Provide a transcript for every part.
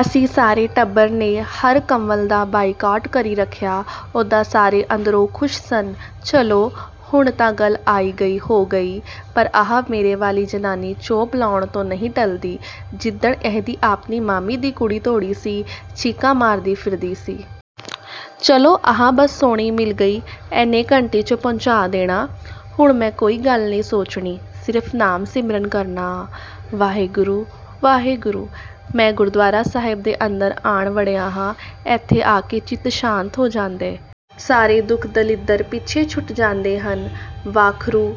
ਅਸੀਂ ਸਾਰੇ ਟੱਬਰ ਨੇ ਹਰਕੰਵਲ ਦਾ ਬਾਈਕਾਟ ਕਰੀ ਰੱਖਿਆ। ਉੱਦਾਂ ਸਾਰੇ ਅੰਦਰੋਂ ਖੁਸ਼ ਸਨ। ਚਲੋ, ਹੁਣ ਤਾਂ ਗੱਲ ਆਈ ਗਈ ਹੋ ਗਈ। ਪਰ ਆਹ ਮੇਰੇ ਵਾਲੀ ਜ਼ਨਾਨੀ ਚੋਭ ਲਾਉਣ ਤੋਂ ਨਈਂ ਟੱਲਦੀ। ਜਿੱਦਣ ਇਹਦੀ ਆਪਣੀ ਮਾਸੀ ਦੀ ਕੁੜੀ ਦੌੜੀ ਸੀ, ਚੀਕਾਂ ਮਾਰਦੀ ਫਿਰਦੀ ਸੀ। ਚਲੋ ਆਹ ਬੱਸ ਸੋਹਣੀ ਮਿਲ ਗਈ। ਇਹਨੇ ਘੰਟੇ 'ਚ ਪਹੁੰਚਾ ਦੇਣਾ। ਹੁਣ ਮੈਂ ਕੋਈ ਗੱਲ ਨਈਂ ਸੋਚਣੀ। ਸਿਰਫ਼ ਨਾਮ ਸਿਮਰਨ ਕਰਨਾਂ ਆ। ਵਾਹਿਗੁਰੂ… ਵਾਹਿਗੁਰੂ। ਮੈਂ ਗੁਰਦੁਆਰਾ ਸਾਹਿਬ ਦੇ ਅੰਦਰ ਆਣ ਵੜਿਆ ਹਾਂ। ਇੱਥੇ ਆ ਕੇ ਚਿੱਤ ਸ਼ਾਂਤ ਹੋ ਜਾਂਦੈ। ਸਾਰੇ ਦੁੱਖ ਦਲਿੱਦਰ ਪਿੱਛੇ ਛੁੱਟ ਜਾਂਦੇ ਹਨ। ਵਾਖਰੂ…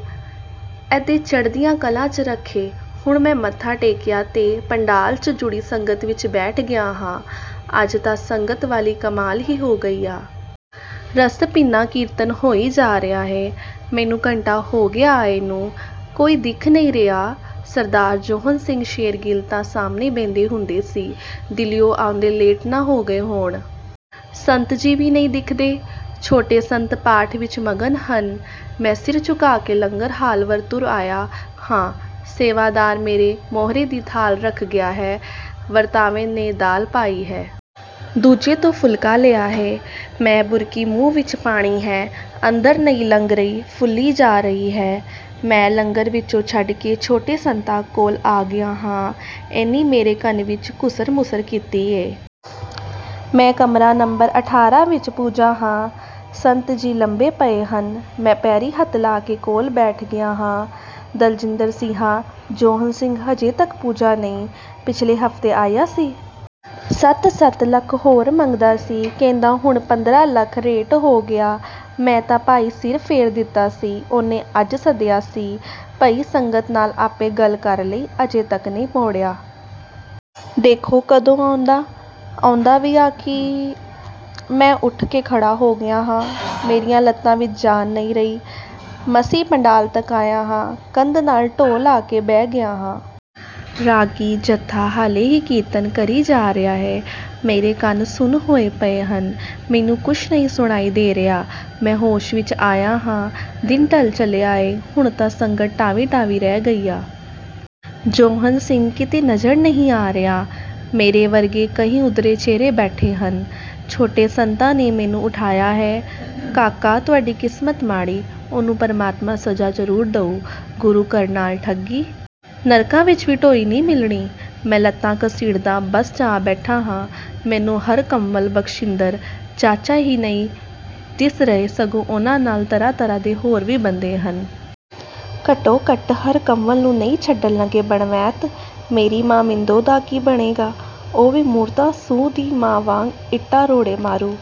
ਇਦੈਂ ਚੜ੍ਹਦੀਆਂ ਕਲਾਂ 'ਚ ਰੱਖੇ। ਹੁਣ ਮੈਂ ਮੱਥਾ ਟੇਕਿਆ ਤੇ ਪੰਡਾਲ 'ਚ ਜੁੜੀ ਸੰਗਤ ਵਿੱਚ ਬੈਠ ਗਿਆ ਹਾਂ। ਅੱਜ ਤਾਂ ਸੰਗਤ ਵਾਲੀ ਕਮਾਲ ਈ ਹੋ ਗਈ ਆ। ਰਸ ਭਿੰਨਾ ਕੀਰਤਨ ਹੋਈ ਜਾ ਰਿਹਾ ਏ। ਮੈਨੂੰ ਘੰਟਾ ਹੋ ਗਿਆ ਆਏ ਨੂੰ। ਕੋਈ ਦਿਖ ਨਈਂ ਰਿਹਾ। ਸਰਦਾਰ ਜੌਹਨ ਸਿੰਘ ਸ਼ੇਰਗਿੱਲ ਤਾਂ ਸਾਹਮਣੇ ਬਹਿੰਦੇ ਹੁੰਦੇ ਸੀ। ਦਿੱਲੀਉਂ ਆਉਂਦੇ ਲੇਟ ਨਾ ਹੋ ਗਏ ਹੋਣ। ਸੰਤ ਜੀ ਵੀ ਨਈਂ ਦਿਖਦੇ। ਛੋਟੇ ਸੰਤ ਪਾਠ ਵਿੱਚ ਮਗਨ ਹਨ। ਮੈਂ ਸਿਰ ਝੁਕਾ ਕੇ ਲੰਗਰ ਹਾਲ ਵੱਲ ਤੁਰ ਆਇਆ ਹਾਂ। ਸੇਵਾਦਾਰ ਮੇਰੇ ਮੋਹਰੇ ਵੀ ਥਾਲ ਰੱਖ ਗਿਆ ਹੈ। ਵਰਤਾਵੇ ਨੇ ਦਾਲ ਪਾਈ ਹੈ। ਦੂਜੇ ਤੋਂ ਫੁਲਕਾ ਲਿਆ ਏ। ਮੈਂ ਬੁਰਕੀ ਮੂੰਹ ਵਿੱਚ ਪਾਈ ਹੈ। ਅੰਦਰ ਨਈਂ ਲੰਘ ਰਹੀ। ਫੁੱਲੀ ਜਾ ਰਹੀ ਹੈ। ਮੈਂ ਲੰਗਰ ਵਿਚੇ ਛੱਡ ਕੇ ਛੋਟੇ ਸੰਤਾਂ ਕੋਲ ਆ ਗਿਆ ਹਾਂ। ਇਹਨੀਂ ਮੇਰੇ ਕੰਨ ਵਿੱਚ ਘੁਸਰ ਮੁਸਰ ਕੀਤੀ ਏ। ਮੈਂ ਕਮਰਾ ਨੰਬਰ ਅਠਾਰਾਂ ਵਿੱਚ ਪੁੱਜਾ ਹਾਂ। ਸੰਤ ਜੀ ਲੰਮੇ ਪਏ ਹਨ। ਮੈਂ ਪੈਰੀਂ ਹੱਥ ਲਾ ਕੇ ਕੋਲ ਬੈਠ ਗਿਆ ਹਾਂ। "ਦਲਜਿੰਦਰ ਸਿਆਂ, ਜੌਹਨ ਸਿੰਘ ਅਜੇ ਤੱਕ ਪੁੱਜਾ ਨਈਂ। ਪਿਛਲੇ ਹਫ਼ਤੇ ਆਇਆ ਸੀ। ਸੱਤ-ਸੱਤ ਲੱਖ ਹੋਰ ਮੰਗਦਾ ਸੀ। ਕਹਿੰਦਾ ਹੁਣ ਪੰਦਰ੍ਹਾਂ ਲੱਖ ਰੇਟ ਹੋ ਗਿਆ। ਮੈਂ ਤਾਂ ਭਾਈ ਸਿਰ ਫੇਰ ਦਿੱਤਾ ਸੀ। ਉਹਨੂੰ ਅੱਜ ਸੱਦਿਆ ਸੀ, ਬਈ ਸੰਗਤ ਨਾਲ ਆਪੇ ਗੱਲ ਕਰ ਲਈਂ। ਅਜੇ ਤੱਕ ਨਈਂ ਬਹੁੜਿਆ। ਦੇਖੋ ਕਦੋਂ ਆਉਂਦਾ? ਆਉਂਦਾ ਵੀ ਆ ਕਿ…। " ਮੈਂ ਉੱਠ ਕੇ ਖੜ੍ਹਾ ਹੋ ਗਿਆ ਹਾਂ। ਮੇਰੀਆਂ ਲੱਤਾਂ ਵਿੱਚ ਜਾਨ ਨਈਂ ਰਹੀ। ਮਸੀਂ ਪੰਡਾਲ ਤੱਕ ਆਇਆ ਹਾਂ। ਕੰਧ ਨਾਲ ਢੋਅ ਲਾ ਕੇ ਬਹਿ ਗਿਆ ਹਾਂ। ਰਾਗੀ ਜਥਾ ਹਾਲੇ ਵੀ ਕੀਰਤਨ ਕਰੀ ਜਾ ਰਿਹਾ ਹੈ। ਮੇਰੇ ਕੰਨ ਸੁੰਨ ਹੋਏ ਪਏ ਹਨ। ਮੈਨੂੰ ਕੁਸ਼ ਨਈਂ ਸੁਣਾਈ ਦੇ ਰਿਹਾ। ਮੈਂ ਹੋਸ਼ ਵਿੱਚ ਆਇਆ ਹਾਂ। ਦਿਨ ਢੱਲ ਚੱਲਿਆ ਏ। ਹੁਣ ਤਾਂ ਸੰਗਤ ਟਾਵੀਂ-ਟਾਵੀਂ ਰਹਿ ਗਈ ਆ। ਜੌਹਨ ਸਿੰਘ ਕਿਤੇ ਨਜ਼ਰ ਨਈਂ ਆ ਰਿਹਾ। ਮੇਰੇ ਵਰਗੇ ਕਈ ਓਦਰੇ ਚਿਹਰੇ ਬੈਠੇ ਹਨ। ਛੋਟੇ ਸੰਤਾਂ ਨੇ ਮੈਨੂੰ ਉਠਾਇਆ ਹੈ। "ਕਾਕਾ, ਤੁਹਾਡੀ ਕਿਸਮਤ ਮਾੜੀ। ਉਹਨੂੰ ਪ੍ਰਮਾਤਮਾ ਸਜ਼ਾ ਜ਼ਰੂਰ ਦਊ। ਗੁਰੂ ਘਰ ਨਾਲ ਠੱਗੀ। ਨਰਕਾਂ ਵਿੱਚ ਵੀ ਢੋਈ ਨਈਂ ਮਿਲਣੀ। " ਮੈਂ ਲੱਤਾਂ ਘੜੀਸਦਾ ਬੱਸ 'ਚ ਆ ਬੈਠਾ ਹਾਂ। ਮੈਨੂੰ ਹਰਕੰਵਲ, ਬਖਸ਼ਿੰਦਰ, ਚਾਚਾ ਹੀ ਨਈਂ ਦਿਸ ਰਹੇ ਸਗੋਂ ਉਨ੍ਹਾਂ ਨਾਲ ਤਰ੍ਹਾਂ ਤਰ੍ਹਾਂ ਦੇ ਹੋਰ ਵੀ ਬੰਦੇ ਹਨ। ਘੱਟੋ ਘੱਟ ਹਰਕੰਵਲ ਨੂੰ ਨਈਂ ਛੱਡਣ ਲੱਗੇ ਬਣਵੈਤ। ਮੇਰੀ ਮਾਂ ਮਿੰਦੋ ਦਾ ਕੀ ਬਣੇਗਾ? ਉਹ ਵੀ ਮੂਰਤਾ ਸੁੰਹ ਦੀ ਮਾਂ ਵਾਂਗ ਇੱਟਾਂ ਰੋੜੇ ਮਾਰੂ।